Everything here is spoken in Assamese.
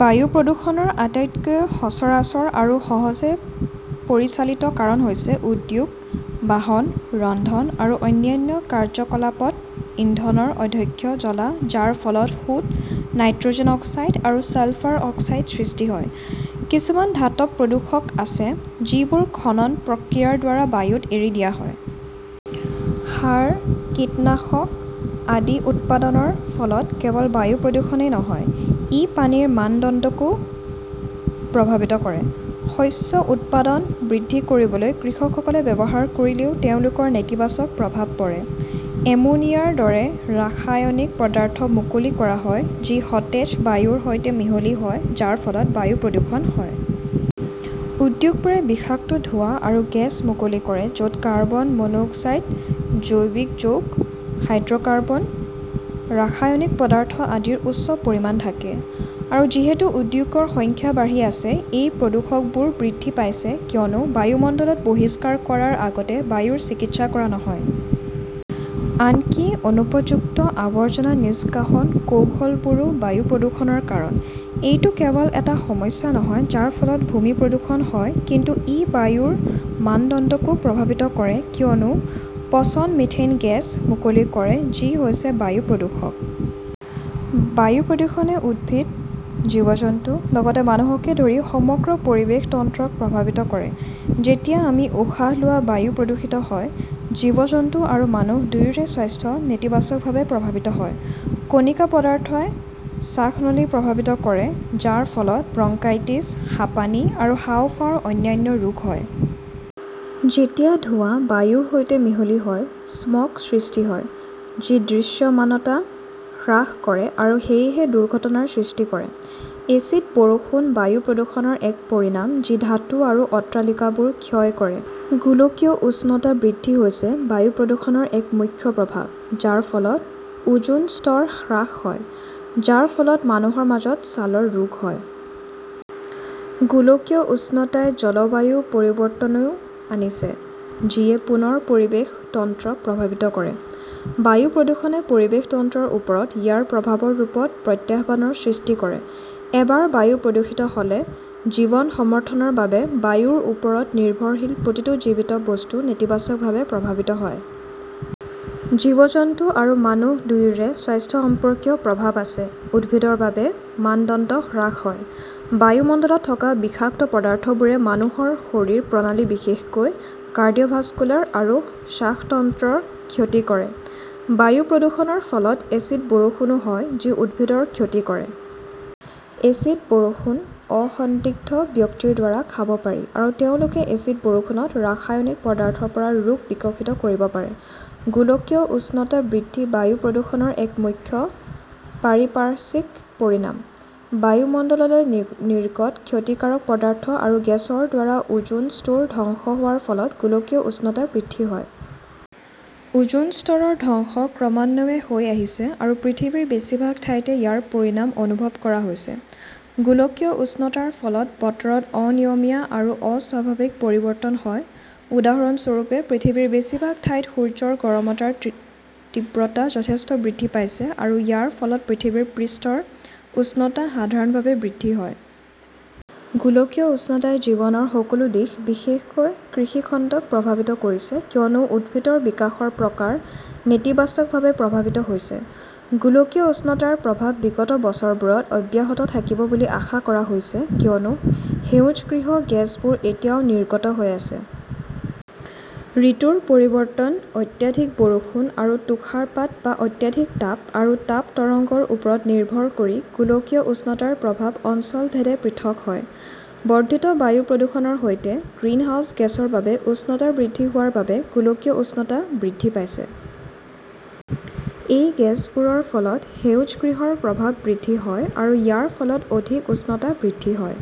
বায়ু প্ৰদূষণৰ আটাইতকৈ সচৰাচৰ আৰু সহজে পৰিচালিত কাৰণ হৈছে উদ্যোগ, বাহন, ৰন্ধন, আৰু অন্যান্য কাৰ্যকলাপত ইন্ধনৰ অদক্ষ জ্বলা যাৰ ফলত সূত, নাইট্ৰজেন অক্সাইড আৰু ছালফাৰ অক্সাইড সৃষ্টি হয়। কিছুমান ধাতৱ প্ৰদূষক আছে যিবোৰ খনন প্ৰক্ৰিয়াৰ দ্বাৰা বায়ুত এৰি দিয়া হয়। সাৰ, কীটনাশক আদিউৎপাদনৰ ফলত কেৱল বায়ু প্ৰদূষণেই নহয়, ই পানীৰ মানদণ্ডকো প্ৰভাৱিত কৰে। শস্য উৎপাদন বৃদ্ধিকৰিবলৈ কৃষকসকলে ব্যৱহাৰ কৰিলেও তেওঁলোকৰ নেতিবাচক প্ৰভাৱ পৰে। এমোনিয়াৰ দৰে ৰাসায়নিক পদাৰ্থ মুকলি কৰা হয় যি সতেজ বায়ুৰ সৈতে মিহলি হয় যাৰ ফলত বায়ু প্ৰদূষণ হয়। উদ্যোগবোৰে বিষাক্ত ধোঁৱা আৰু গেছ মুকলি কৰে য'ত কাৰ্বন মনোক্সাইড, জৈৱিক যৌগ, হাইড্ৰ'কাৰ্বন, ৰাসায়নিক পদাৰ্থ আদিৰ উচ্চ পৰিমাণ থাকে। আৰু যিহেতু উদ্যোগৰ সংখ্যা বাঢ়ি আছে, এই প্ৰদূষকবোৰ বৃদ্ধি পাইছে কিয়নো বায়ুমণ্ডলত বহিষ্কাৰ কৰাৰ আগতে বায়ুৰ চিকিৎসা কৰা নহয়। আনকি অনুপযুক্ত আৱৰ্জনা নিষ্কাশন কৌশলবোৰো বায়ু প্ৰদূষণৰ কাৰণ। এইটো কেৱল এটা সমস্যা নহয় যাৰ ফলত ভূমি প্ৰদূষণ হয় কিন্তু ই বায়ুৰ মানদণ্ডকো প্ৰভাৱিত কৰে কিয়নো পচন মিথেন গেছ মুকলি কৰে যি হৈছে বায়ু প্ৰদূষক। বায়ু প্ৰদূষণে উদ্ভিদ, জীৱ-জন্তু, লগতে মানুহকে ধৰি সমগ্ৰ পৰিৱেশ তন্ত্ৰক প্ৰভাৱিত কৰে। যেতিয়া আমি উশাহ লোৱা বায়ু প্ৰদূষিত হয়, জীৱ-জন্তু আৰু মানুহ দুয়োৰে স্বাস্থ্য নেতিবাচকভাৱে প্ৰভাৱিত হয়। কণিকা পদাৰ্থই শ্বাসনলীপ্ৰভাৱিত কৰে যাৰ ফলত ব্ৰংকাইটিছ, হাপানি, আৰু হাঁওফাঁওৰ অন্যান্য ৰোগ হয়। যেতিয়া ধোঁৱা বায়ুৰ সৈতে মিহলি হয়, স্মগ সৃষ্টি হয়, যি দৃশ্যমানতা হ্ৰাস কৰে আৰু সেয়েহে দুৰ্ঘটনাৰ সৃষ্টি কৰে। এচিড বৰষুণ বায়ু প্ৰদূষণৰ এক পৰিণাম যি ধাতু আৰু অট্টালিকাবোৰ ক্ষয় কৰে। গোলকীয় উষ্ণতা বৃদ্ধি হৈছে বায়ু প্ৰদূষণৰ এক মুখ্য প্ৰভাৱ, যাৰ ফলত ওজোন স্তৰ হ্ৰাস হয়, যাৰ ফলত মানুহৰ মাজত ছালৰ ৰোগ হয়। গোলকীয় উষ্ণতাই জলবায়ু পৰিৱৰ্তনও আনিছে যি য়ে পুনৰ পৰিৱেশ তন্ত্ৰক প্ৰভাৱিত কৰে। বায়ু প্ৰদূষণে পৰিৱেশ তন্ত্ৰৰ ওপৰত ইয়াৰ প্ৰভাৱৰ ৰূপত প্ৰত্যাহ্বানৰ সৃষ্টি কৰে। এবাৰ বায়ু প্ৰদূষিত হ'লে, জীৱন সমৰ্থনৰ বাবে বায়ুৰ ওপৰত নিৰ্ভৰশীল প্ৰতিটো জীৱিত বস্তু নেতিবাচকভাৱে প্ৰভাৱিত হয়। জীৱ-জন্তু আৰু মানুহ দুয়োৰে স্বাস্থ্যসম্পৰ্কীয় প্ৰভাৱ আছে, উদ্ভিদৰ বাবে, মানদণ্ড হ্ৰাস হয়। বায়ুমণ্ডলত থকা বিষাক্ত পদাৰ্থবোৰে মানুহৰ শৰীৰ প্ৰণালীবিশেষকৈ কাৰ্ডিওভাস্কুলাৰ আৰু শ্বাসতন্ত্ৰৰ ক্ষতি কৰে। বায়ু প্ৰদূষণৰ ফলত এচিড বৰষুণো হয় যি উদ্ভিদৰ ক্ষতি কৰে। এচিড বৰষুণ অসন্দিগ্ধ ব্যক্তিৰ দ্বাৰা খাব পাৰি আৰু তেওঁলোকে এচিড বৰষুণত ৰাসায়নিক পদাৰ্থৰ পৰা ৰোগ বিকশিত কৰিব পাৰে। গোলকীয় উষ্ণতা বৃদ্ধি বায়ু প্ৰদূষণৰ এক মুখ্য পাৰিপাৰ্শ্বিক পৰিণাম। বায়ুমণ্ডললৈ নিৰ্গত ক্ষতিকাৰক পদাৰ্থ আৰু গেছৰ দ্বাৰা ওজোন স্তৰ ধ্বংস হোৱাৰ ফলত গোলকীয় উষ্ণতা বৃদ্ধি হয়। ওজোন স্তৰৰ ধ্বংস ক্ৰমান্বয়ে হৈ আহিছে আৰু পৃথিৱীৰ বেছিভাগ ঠাইতে ইয়াৰ পৰিণাম অনুভৱ কৰা হৈছে। গোলকীয় উষ্ণতাৰ ফলত বতৰত অনিয়মীয়া আৰু অস্বাভাৱিক পৰিৱৰ্তন হয় উদাহৰণ স্বৰূপে পৃথিৱীৰ বেছিভাগ ঠাইত সূৰ্যৰ গৰমতাৰ তীব্ৰতা যথেষ্ট বৃদ্ধি পাইছে আৰু ইয়াৰ ফলত পৃথিৱীৰ পৃষ্ঠৰ উষ্ণতা সাধাৰণভাৱে বৃদ্ধি হয়। গোলকীয় উষ্ণতাই জীৱনৰ সকলো দিশ, বিশেষকৈ কৃষি খণ্ডক প্ৰভাৱিত কৰিছে কিয়নো উদ্ভিদৰ বিকাশৰ প্ৰকাৰ নেতিবাচকভাৱে প্ৰভাৱিত হৈছে। গোলকীয় উষ্ণতাৰ প্ৰভাৱ বিগত বছৰবোৰত অব্যাহত থাকিব বুলি আশা কৰা হৈছে কিয়নো সেউজগৃহ গেছবোৰ এতিয়াও নিৰ্গত হৈ আছে। ঋতুৰ পৰিৱৰ্তন, অত্যাধিক বৰষুণ আৰু তুষাৰপাত বা অত্যাধিক তাপ আৰু তাপ তৰংগৰ ওপৰত নিৰ্ভৰ কৰি গোলকীয় উষ্ণতাৰ প্ৰভাৱ অঞ্চল ভেদে পৃথক হয়। বৰ্ধিত বায়ু প্ৰদূষণৰ সৈতে, গ্ৰীণহাউচ গেছৰ বাবে উষ্ণতা বৃদ্ধি হোৱাৰ বাবে গোলকীয় উষ্ণতা বৃদ্ধি পাইছে। এই গেছবোৰৰ ফলত সেউজগৃহৰ প্ৰভাৱ বৃদ্ধি হয় আৰু ইয়াৰ ফলত অধিক উষ্ণতা বৃদ্ধি হয়।